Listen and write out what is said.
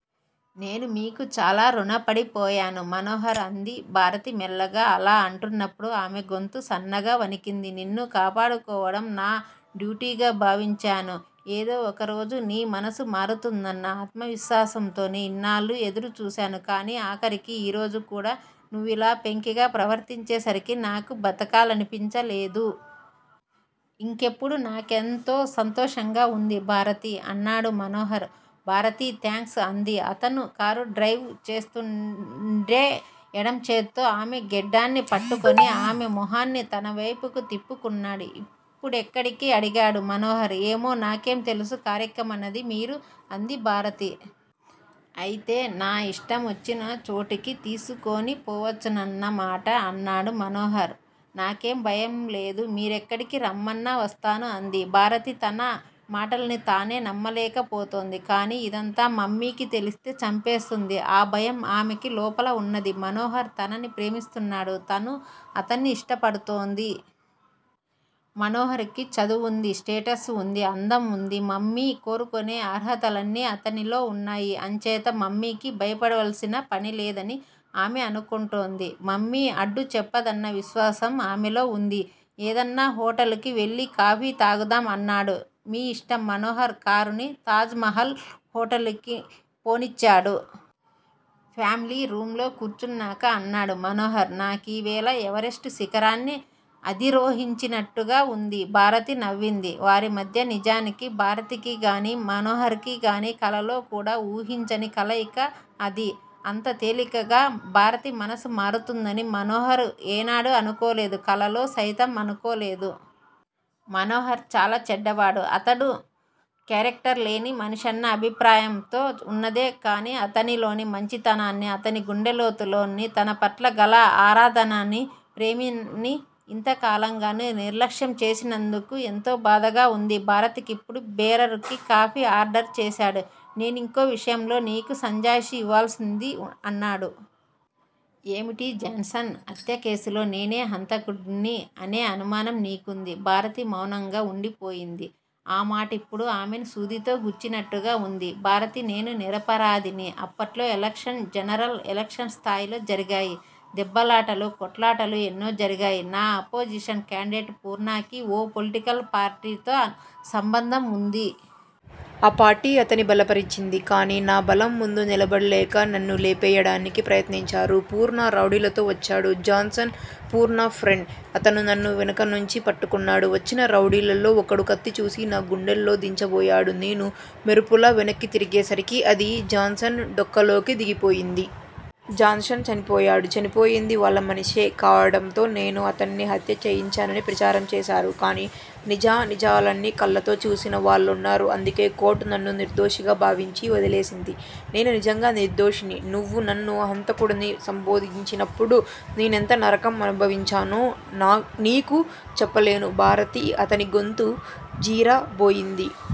నేను మీకు చాలా రుణపడిపోయాను మనోహర్ అంది భారతి మెల్లగా. అలా అంటున్నప్పుడు ఆమె గొంతు సన్నగా వణికింది. నిన్ను కాపాడుకోవడం నా డ్యూటీగా భావించాను. ఏదో ఒకరోజు నీ మనసు మారుతుందన్న ఆత్మవిశ్వాసంతోనే ఇన్నాళ్ళూ ఎదురుచూశాను కానీ ఆఖరికి ఈరోజు కూడా నువ్విలా పెంకిగా ప్రవర్తించేసరికి నాకు బతకాలనిపించలేదు. ఇప్పుడు నాకెంతో సంతోషంగా ఉంది భారతీ! అన్నాడు మనోహర్. భారతి థాంక్స్ అంది. అతను కారు డ్రైవ్ చేస్తూంటే ఎడం చేత్తో ఆమె గెడ్డాన్ని పట్టుకుని ఆమె మొహాన్ని తనవేపుకు తిప్పుకున్నాడు. ఇప్పుడెక్కడికి! అడిగాడు మనోహర్. ఏమో! నాకేం తెలుసు! కారెక్కమన్నది మీరు! అంది భారతి. అయితే నా ఇష్టమొచ్చినచోటుకి తీసుకొనిపోవచ్చునన్నమాట? అన్నాడు మనోహర్. నాకేం భయంలేదు. మీరెక్కడికి రమ్మన్నా వస్తాను అంది. భారతి తన మాటలని తానే నమ్మలేకపోతోంది. కానీ ఇదంతా మమ్మీకి తెలిస్తే చంపేస్తుంది. ఆ భయం ఆమెకి లోపల ఉన్నది. మనోహర్ తనని ప్రేమిస్తున్నాడు. తనూ అతన్ని ఇష్టపడుతోంది. మనోహర్ కి చదువుంది. స్టేటస్ వుంది. అందం వుంది. మమ్మీ కోరుకునే అర్హతలన్నీ అతనిలో ఉన్నాయి. అంచేత మమ్మీకి భయపడవలసిన పనిలేదని ఆమె అనుకుంటోంది. మమ్మీ అడ్డు చెప్పదన్న విశ్వాసం ఆమెలో వుంది. ఏదన్నా హోటల్ కి వెళ్ళి కాఫీ తాగుదాం అన్నాడు. మీ ఇష్టం మనోహర్ కారుని తాజ్ మహల్ హోటల్ కి పోనిచ్చాడు. ఫామిలీ రూంలో కూర్చున్నాక అన్నాడు మనోహర్. నాకీవేళ ఎవరెస్టు శిఖరాన్ని అధిరోహించినట్టుగా వుంది భారతి నవ్వింది. వారిమధ్య నిజానికి భారతికిగానీ, మనోహర్ కిగానీ కలలో కూడా వూహించని కలయిక అది. అంత తేలికగా భారతి మనసు మారుతుందని మనోహర్ ఏనాడూ అనుకోలేదు. కలలో సైతం అనుకోలేదు. మనోహర్ చాలా చెడ్డవాడు. అతను కేరక్టర్ లేని మనిషన్న అభిప్రాయంతో వున్నదే కానీ అతనిలోని మంచితనాన్ని, అతని గుండెలోతుల్లో తనపట్ల గల ఆరాధననీ, ప్రేమనీ ఇంత కాలంగానూ నిర్లక్ష్యం చేసినందుకు ఎంతో బాధగా వుంది భారతికిప్పుడు. బేరర్ కి కాఫీ ఆర్డర్ చేశాడు. నేనింకో విషయంలో నీకు సంజాయిషీ ఇవ్వాల్సి వుంది అన్నాడు. ఏమిటీ! జాన్సన్ హత్యకేసులో నేనే హంతకుడ్ని అనే అనునానం నీకుంది భారతి మౌనంగా వుండిపోయింది. ఆ మాటిప్పుడు ఆమెని సూదితో గుచ్చినట్టుగా వుంది. భారతి నేను నిరపరాధిని. అప్పట్లో ఎలక్షన్స్ జనరల్ ఎలక్షన్స్ స్థాయిలో జరిగాయి. దెబ్బలాటలు, కొట్లాటలు ఎన్నో జరిగాయి. నా అపోజిషన్ కాండిడేట్ పూర్ణాకి ఓ పొలిటికల్ పార్టీతో సంబంధం ఉంది. ఆ పార్టీ అతన్ని బలపరిచింది. కానీ నా బలం ముందు నిలబడలేక నన్ను లేపేయడానికి ప్రయత్నించారు. పూర్ణ రౌడీలతో వచ్చాడు. Johnson Purna friend. అతను నన్ను వెనుకనుంచి పట్టుకున్నాడు. వచ్చిన రౌడీల్లో ఒకడు కత్తి తీసి నా గుండెల్లో దించబోయాడు. నేను మెరుపులా వెనక్కి తిరిగేసరికి అది జాన్సన్ డొక్కలో దిగిపోయింది. జాన్సన్ చనిపోయాడు. చనిపోయింది వాళ్ళ మనిషే కావడంతో నేనే అతన్ని హత్య చేయించానని ప్రచారం చేశారు. కానీ నిజానిజాలని కళ్ళతో చూసిన వాళ్ళున్నారు అందుకే కోర్టు నన్ను నిర్దోషిగా భావించి వదిలేసింది. నేను నిజంగా నిర్దోషిని. నువ్వు నన్ను హంతకుడని సంబోధించినప్పుడు నేనెంత నరకం అనుభవించానో నీకు చెప్పలేను భారతీ, అతని గొంతు జీరబోయింది.